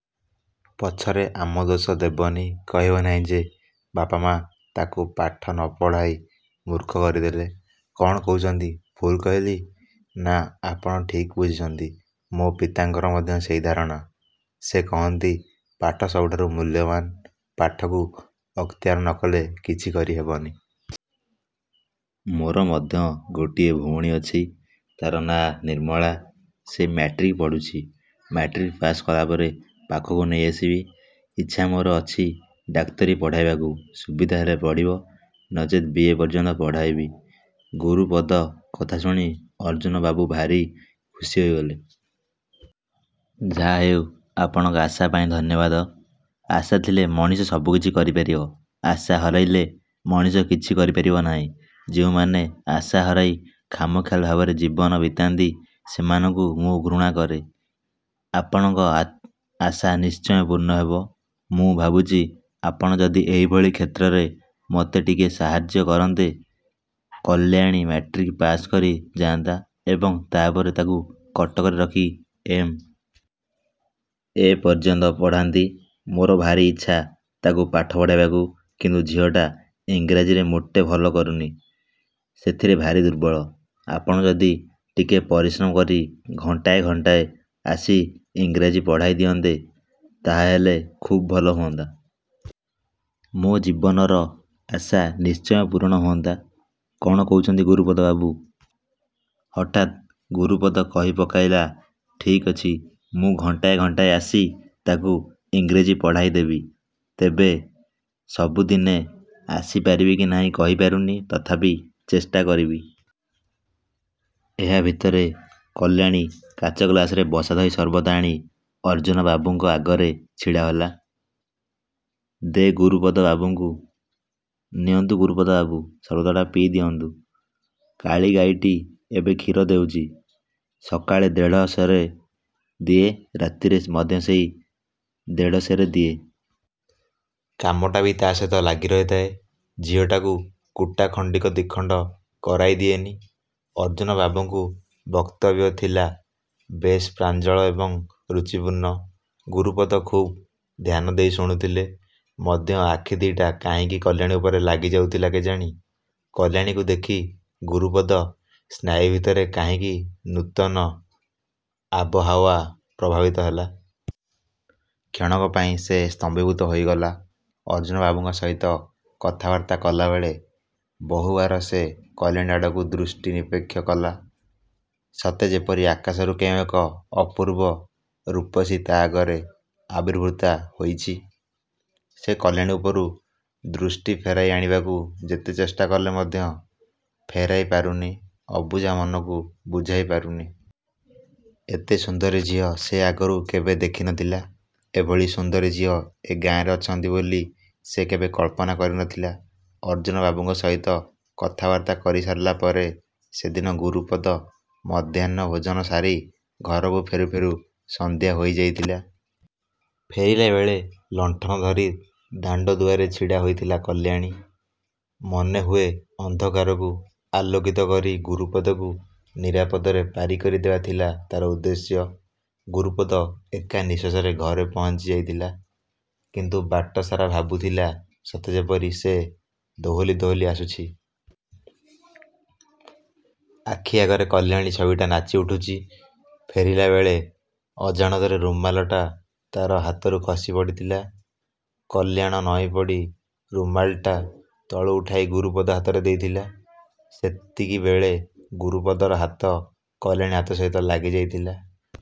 ପଛରେ ଆମ ଦୋଷ ଦେବନି। କହିବ ନାହିଁ ଯେ ବାପ ମା' ତାକୁ ପାଠ ନପଢ଼ାଇ ମୂର୍ଖ କରିଦେଲେ। କ'ଣ କହୁଛନ୍ତି, ଭୁଲ୍ କହିଲି? ନାଁ ଆପଣ ଠିକ୍ ବୁଝିଛନ୍ତି। ମୋ ପିତାଙ୍କର ମଧ୍ୟ ସେଇ ଧାରଣା। ସେ କହନ୍ତି ପାଠ ସବୁଠାରୁ ମୂଲ୍ୟବାନ୍। ପାଠକୁ ଅକ୍ତିଆର ନକଲେ କିଛି କରି ହେବନି। ମୋର ମଧ୍ୟ ଗୋଟିଏ ଭଉଣୀ ଅଛି। ତା'ର ନାଁ ନିର୍ମଳା। ସେ ମାଟ୍ରିକ୍ ପଢ଼ୁଛି। ମାଟ୍ରିକ୍ ପାଶ୍ କଲାପରେ ପାଖକୁ ନେଇଆସିବି। ଇଚ୍ଛା ମୋର ଅଛି ଡାକ୍ତରୀ ପଢ଼ାଇବାକୁ। ସୁବିଧା ହେଲେ ପଢ଼ିବ। ନଚେତ୍ ବିଏ ପର୍ଯ୍ୟନ୍ତ ପଢ଼ାଇବି। ଗୁରୁପଦ କଥା ଶୁଣି ଅର୍ଜ୍ଜୁନବାବୁ ଭାରି ଖୁସି ହୋଇଗଲେ। ଯାହାହେଉ ଆପଣଙ୍କ ଆଶାପାଇଁ ଧନ୍ୟବାଦ। ଆଶା ଥିଲେ ମଣିଷ ସବୁକିଛି କରିପାରିବ। ଆଶା ହରାଇଲେ ମଣିଷ କିଛି କରିପାରିବ ନାହିଁ। ଯେଉଁମାନେ ଆଶା ହରାଇ ଖାମଖିଆଲ ଭାବରେ ଜୀବନ ବିତାନ୍ତି ସେମାନଙ୍କୁ ମୁଁ ଘୃଣା କରେ। ଆପଣଙ୍କ ଆଶା ନିଶ୍ଚୟ ପୂର୍ଣ୍ଣ ହେବ। ମୁଁ ଭାବୁଛି ଆପଣ ଯଦି ଏହିଭଳି କ୍ଷେତ୍ରରେ ମୋତେ ଟିକେ ସାହାଯ୍ୟ କରନ୍ତେ, କଲ୍ୟାଣୀ ମାଟ୍ରିକ୍ ପାଶ୍ କରି ଯାଆନ୍ତା ଏବଂ ତା' ପରେ ତା'କୁ କଟକରେ ରଖି ଏମ୍. ଏ. ପର୍ଯ୍ୟନ୍ତ ପଢ଼ାନ୍ତି। ମୋର ଭାରି ଇଚ୍ଛା ତା'କୁ ପାଠ ପଢ଼ାଇବାକୁ କିନ୍ତୁ ଝିଅଟା ଇଂରାଜୀରେ ମୋଟେ ଭଲ କରୁନି। ସେଥିରେ ଭାରି ଦୁର୍ବଳ। ଆପଣ ଯଦି ଟିକେ ପରିଶ୍ରମ କରି ଘଣ୍ଟାଏ ଘଣ୍ଟାଏ ଆସି ଇଂରାଜୀ ପଢ଼ାଇ ଦିଅନ୍ତେ, ତାହାହେଲେ ଖୁବ୍ ଭଲ ହୁଅନ୍ତା। ମୋ ଜୀବନର ଆଶା ନିଶ୍ଚୟ ପୂରଣ ହୁଅନ୍ତା। କ'ଣ କହୁଛନ୍ତି ଗୁରୁପଦ ବାବୁ? ହଠାତ୍ ଗୁରୁପଦ କହି ପକାଇଲା ଠିକ୍ ଅଛି, ମୁଁ ଘଣ୍ଟାଏ ଘଣ୍ଟାଏ ଆସି ତା'କୁ ଇଂରେଜୀ ପଢ଼ାଇ ଦେବି। ତେବେ ସବୁଦିନେ ଆସି ପାରିବି କି ନାହିଁ କହିପାରୁନି। ତଥାପି ଚେଷ୍ଟା କରିବି। ଏହା ଭିତରେ କଲ୍ୟାଣୀ କାଚଗ୍ଳାସରେ ବସାଦହି ସର୍ବତ ଆଣି ଅର୍ଜ୍ଜୁନବାବୁଙ୍କ ଆଗରେ ଛିଡ଼ା ହେଲା। ଦେ, ଗୁରୁପଦ ବାବୁଙ୍କୁ। ନିଅନ୍ତୁ ଗୁରୁପଦ ବାବୁ, ସର୍ବତଟା ପିଇଦିଅନ୍ତୁ। କାଳି ଗାଈଟି ଏବେ କ୍ଷୀର ଦେଉଛି। ସକାଳେ ଦେଢ଼ ସେରେ ଦିଏ, ରାତିରେ ମଧ୍ୟ ସେଇ ଦେଢ଼ସେରେ ଦିଏ। କାମଟା ବି ତା' ସହିତ ଲାଗି ରହିଥାଏ। ଝିଅଟାକୁ କୁଟା ଖଣ୍ଡିକ ଦିଖଣ୍ଡ କରାଇ ଦିଏନି। ଅର୍ଜ୍ଜୁନବାବୁଙ୍କୁ ବକ୍ତବ୍ୟ ଥିଲା ବେଶ୍ ପ୍ରାଞ୍ଜଳ ଏବଂ ରୁଚିପୂର୍ଣ୍ଣ। ଗୁରୁପଦ ଖୁବ୍ ଧ୍ୟାନଦେଇ ଶୁଣୁଥିଲେ ମଧ୍ୟ ଆଖି ଦି'ଟା କାହିଁକି କଲ୍ୟାଣୀ ଉପରେ ଲାଗି ଯାଇଥିଲା, କେଜାଣି? କଲ୍ୟାଣୀକୁ ଦେଖି ଗୁରୁପଦ ସ୍ନାୟୁ ଭିତରେ କାହିଁକି ନୂତନ ଆବହାଓ୍ୱା ପ୍ରଭାବିତ ହେଲା। କ୍ଷଣକ ପାଇଁ ସେ ସ୍ତମ୍ଭୀଭୂତ ହୋଇଗଲା। ଅର୍ଜ୍ଜୁନବାବୁଙ୍କ ସହିତ କଥାବାର୍ତ୍ତା ହେଲାବେଳେ ବହୁବାର ସେ କଲ୍ୟାଣୀ ଆଡ଼କୁ ଦୃଷ୍ଟି ନିକ୍ଷେପ କଲା, ସତେ ଯେପରି ଆକାଶରୁ କେଉଁ ଏକ ଅପୂର୍ବ ରୂପସୀ ତା' ଆଗରେ ଆବିର୍ଭୁତା ହୋଇଛି। ସେ କଲ୍ୟାଣୀ ଉପରୁ। ଦୃଷ୍ଟି ଫେରାଇ ଆଣିବାକୁ ଯେତେ ଚେଷ୍ଟା କଲେ ମଧ୍ୟ ଫେରାଇ ପାରୁନି–ଅବୁଝା ମନକୁ ବୁଝାଇ ପାରୁନି। ଏତେ ସୁନ୍ଦରୀ ଝିଅ ସେ ଆଗରୁ କେବେ ଦେଖି ନଥିଲା। ଏଭଳି ସୁନ୍ଦରୀ ଝିଅ ଏ ଗାଁରେ ଅଛନ୍ତି ବୋଲି ସେ କେବେ କଳ୍ପନା କରି ନ ଥିଲା। ଅର୍ଜ୍ଜୁନବାବୁଙ୍କ ସହିତ କଥାବାର୍ତ୍ତା କରିସାରିଲା ପରେ ସେଦିନ ଗୁରପଦ ମଧ୍ୟାହ୍ନ ଭୋଜନ ସାରି ଘରକୁ ଫେରୁ ଫେରୁ ସନ୍ଧ୍ୟା ହୋଇ ଯାଇଥିଲା। ଫେରିଲାବେଳେ ଲଣ୍ଠନ ଧରି ଦାଣ୍ଡ ଦୁଆରେ ଛିଡ଼ା ହୋଇଥିଲା କଲ୍ୟାଣୀ। ମନେ ହୁଏ ଅନ୍ଧକାରକୁ ଆଲୋକିତ କରି ଗୁରୁପଦକୁ ନିରାପଦରେ ପାରି କରି ଦେବା ଥିଲା ତା'ର ଉଦ୍ଦେଶ୍ୟ। ଗୁରୁପଦ ଏକା ନିଶ୍ୱାସରେ ଘରେ ପହଞ୍ଚି ଯାଇଥିଲା। କିନ୍ତୁ ବାଟ ସାରା ଭାବୁଥିଲା ସତେ ଯେପରି ସେ ଦୋହଲି ଦୋହଲି ଆସୁଛି। ଆଖି ଆଗରେ କଲ୍ୟାଣୀ ଛବିଟା ନାଚି ଉଠୁଛି। ଫେରିଲାବେଳେ ଅଜାଣତରେ ରୁମାଲଟା ତା'ର ହାତରୁ ଖସି ପଡ଼ିଥିଲା। କଲ୍ୟାଣ ନଇଁପଡ଼ି ରୁମାଲ୍ଟା ତଳୁ ଉଠାଇ ଗୁରୁପଦ ହାତରେ ଦେଇଥିଲା। ସେତିକିବେଳେ ଗୁରୁପଦର ହାତ କଲ୍ୟାଣୀ ହାତ ସହିତ ଲାଗିଯାଇଥିଲା।